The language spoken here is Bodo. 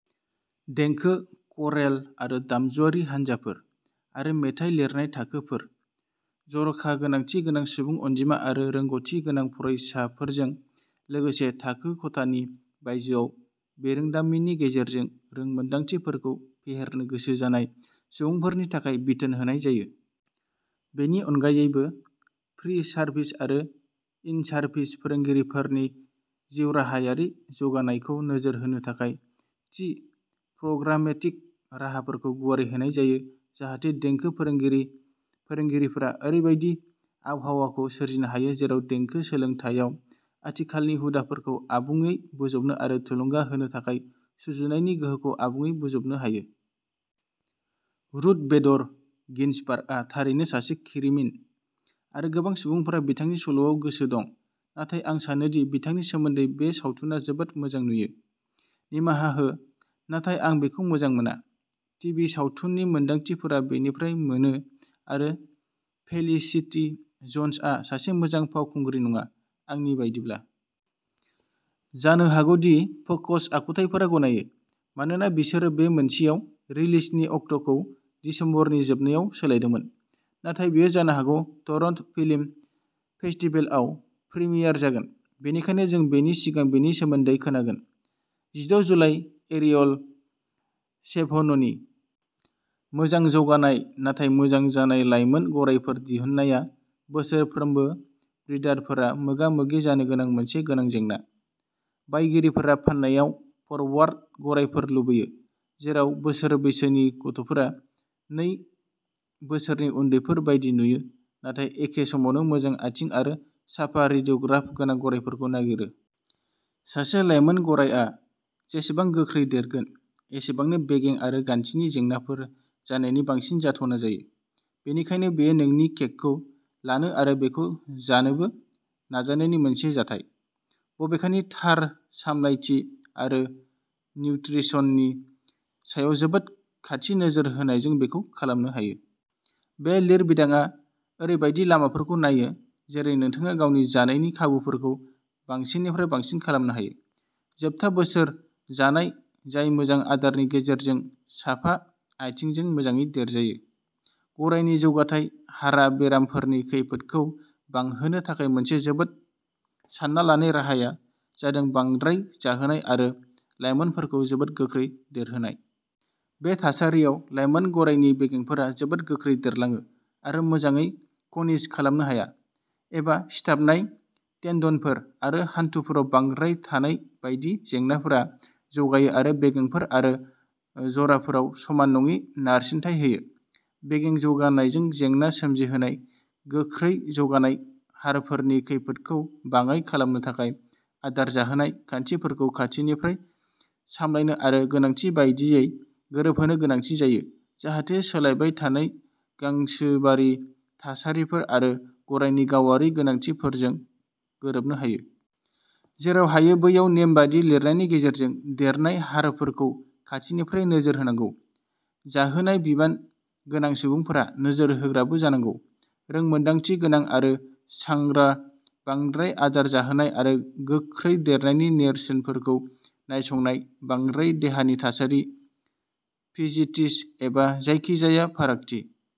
देंखो, क'रेल आरो दामजुआरि हानजाफोर, आरो मेथाइ लिरनाय थाखोफोर। जर'खा गोनांथि गोनां सुबुं अनजिमा आरो रोंग'थि गोनां फरायसाफोरजों लोगोसे थाखो खथानि बायजोआव बिरोंदामिननि गेजेरजों रोंमोनदांथिफोरखौ फेहेरनो गोसो जानाय सुबुंफोरनि थाखाय बिथोन होनाय जायो। बेनि अनगायैबो, प्रि-सार्भिस आरो इन-सार्भिस फोरोंगिरिफोरनि जिउराहायारि जौगानायखौ नोजोर होनो थाखाय थि प्रग्रामेटिक राहाफोरखौ गुवारै होनाय जायो जाहाथे देंखो फोरोंगिरि-फोरोंगिरिफोरा ओरैबायदि आबहावाखौ सोरजिनो हायो जेराव देंखो सोलोंथायाव आथिखालनि हुदाफोरखौ आबुंयै बोजबनो आरो थुलुंगा होनो थाखाय सुजुनायनि गोहोखौ आबुङै बोजबनो हायो। रुथ बेडर गिन्सबार्गआ थारैनो सासे खिरिमिन, आरो गोबां सुबुंफोरा बिथांनि सल'आव गोसो दं, नाथाय आं सानो दि बिथांनि सोमोन्दै बे सावथुना जोबोद मोजां नुयो। निमाहा हो, नाथाय आं बेखौ मोजां मोना, टिभि सावथुननि मोनदांथिफोरा बेनिफ्राय मोनो आरो फेलिसिटी जन्सआ सासे मोजां फावखुंग्रि नङा, आंनि बायदिब्ला। जानो हागौ दि फोकस आखुथायफोरा गनायो, मानोना बिसोरो बे मोनसेयाव रिलिजनि अक्ट'खौ दिसेम्बरनि जोबनायाव सोलायदोंमोन, नाथाय बेयो जानो हागौ टरन्ट'फिल्म फेस्टिभेलआव प्रीमियार जागोन, बेनिखायनो जों बेनि सिगां बेनि सोमोन्दै खोनागोन। जिद' जुलाइ, एरियल शेभ'ननि। मोजां जौगानाय नाथाय मोजां जानाय लायमोन गरायफोर दिहुननाया बोसोरफ्रोमबो ब्रिडारफोरा मोगा-मोगि जानो गोनां मोनसे गोनां जेंना। बायगिरिफोरा फान्नायाव फरवार्ड गरायफोर लुबैयो, जेराव बोसोर बैसोनि गथ'फोरा नै बोसोरनि उन्दैफोर बायदि नुयो नाथाय एखे समावनो मोजां आथिं आरो साफा रेडिय'ग्राफ गोनां गरायफोरखौ नागिरो। सासे लायमोन गरायआ जेसेबां गोख्रै देरगोन, एसेबांनो बेगें आरो गान्थिनि जेंनाफोर जानायनि बांसिन जाथावना जायो, बेनिखायनो बेयो नोंनि केकखौ लानो आरो बेखौ जानोबो नाजानायनि मोनसे जाथाय। बबेखानि, थार सामलायथि आरो निउत्रिसननि सायाव जोबोद खाथि नोजोर होनायजों बेखौ खालामनो हायो। बे लिरबिदांआ ओरैबायदि लामाफोरखौ नायो जेरै नोंथाङा गावनि जानायनि खाबुफोरखौ बांसिननिफ्राय बांसिन खालामनो हायो। जोबथा बोसोर जानाय जाय मोजां आदारनि गेजेरजों साफा आथिंजों मोजाङै देरजायो। गरायनि जौगाथाय हारा बेरामफोरनि खैफोदखौ बांहोनो थाखाय मोनसे जोबोद सान्ना लानाय राहाया जादों बांद्राय जाहोनाय आरो लाइमोनफोरखौ जोबोद गोख्रै देरहोनाय। बे थासारियाव लाइमोन गरायनि बेगेंफोरा जोबोद गोख्रै देरलाङो आरो मोजाङै खनिज खालामनो हाया, एबा सिथाबनाय टेन्डनफोर आरो हान्थुफोराव बांद्राय थानाय बायदि जेंनाफोरा जौगायो आरो बेगेंफोर आरो जराफोराव समान नङि नारसिनथाय होयो। बेगें जौगानायजों जेंना सोमजिहोनाय गोख्रै जौगानाय हारफोरनि खैफोदखौ बाङाइ खालामनो थाखाय, आदार जाहोनाय खान्थिफोरखौ खाथिनिफ्राय सामलायनो आरो गोनांथि बायदियै गोरोबहोनो गोनांथि जायो जाहाथे सोलायबाय थानाय गांसोबारि थासारिफोर आरो गरायनि गावारि गोनांथिफोरजों गोरोबनो हायो। जेराव हायो बैयाव नेमबादि लिरनायनि गेजेरजों देरनाय हारफोरखौ खाथिनिफ्राय नोजोर होनांगौ। जाहोनाय बिबान गोनां सुबुंफोरा नोजोर होग्राबो जानांगौ, रोंमोनदांथि गोनां आरो सांग्रा, बांद्राय आदार जाहोनाय आरो गोख्रै देरनायनि नेरसोनफोरखौ नायसंनाय, बांद्राय देहानि थासारि, फिजिटिस एबा जायखिजाया फारागथि।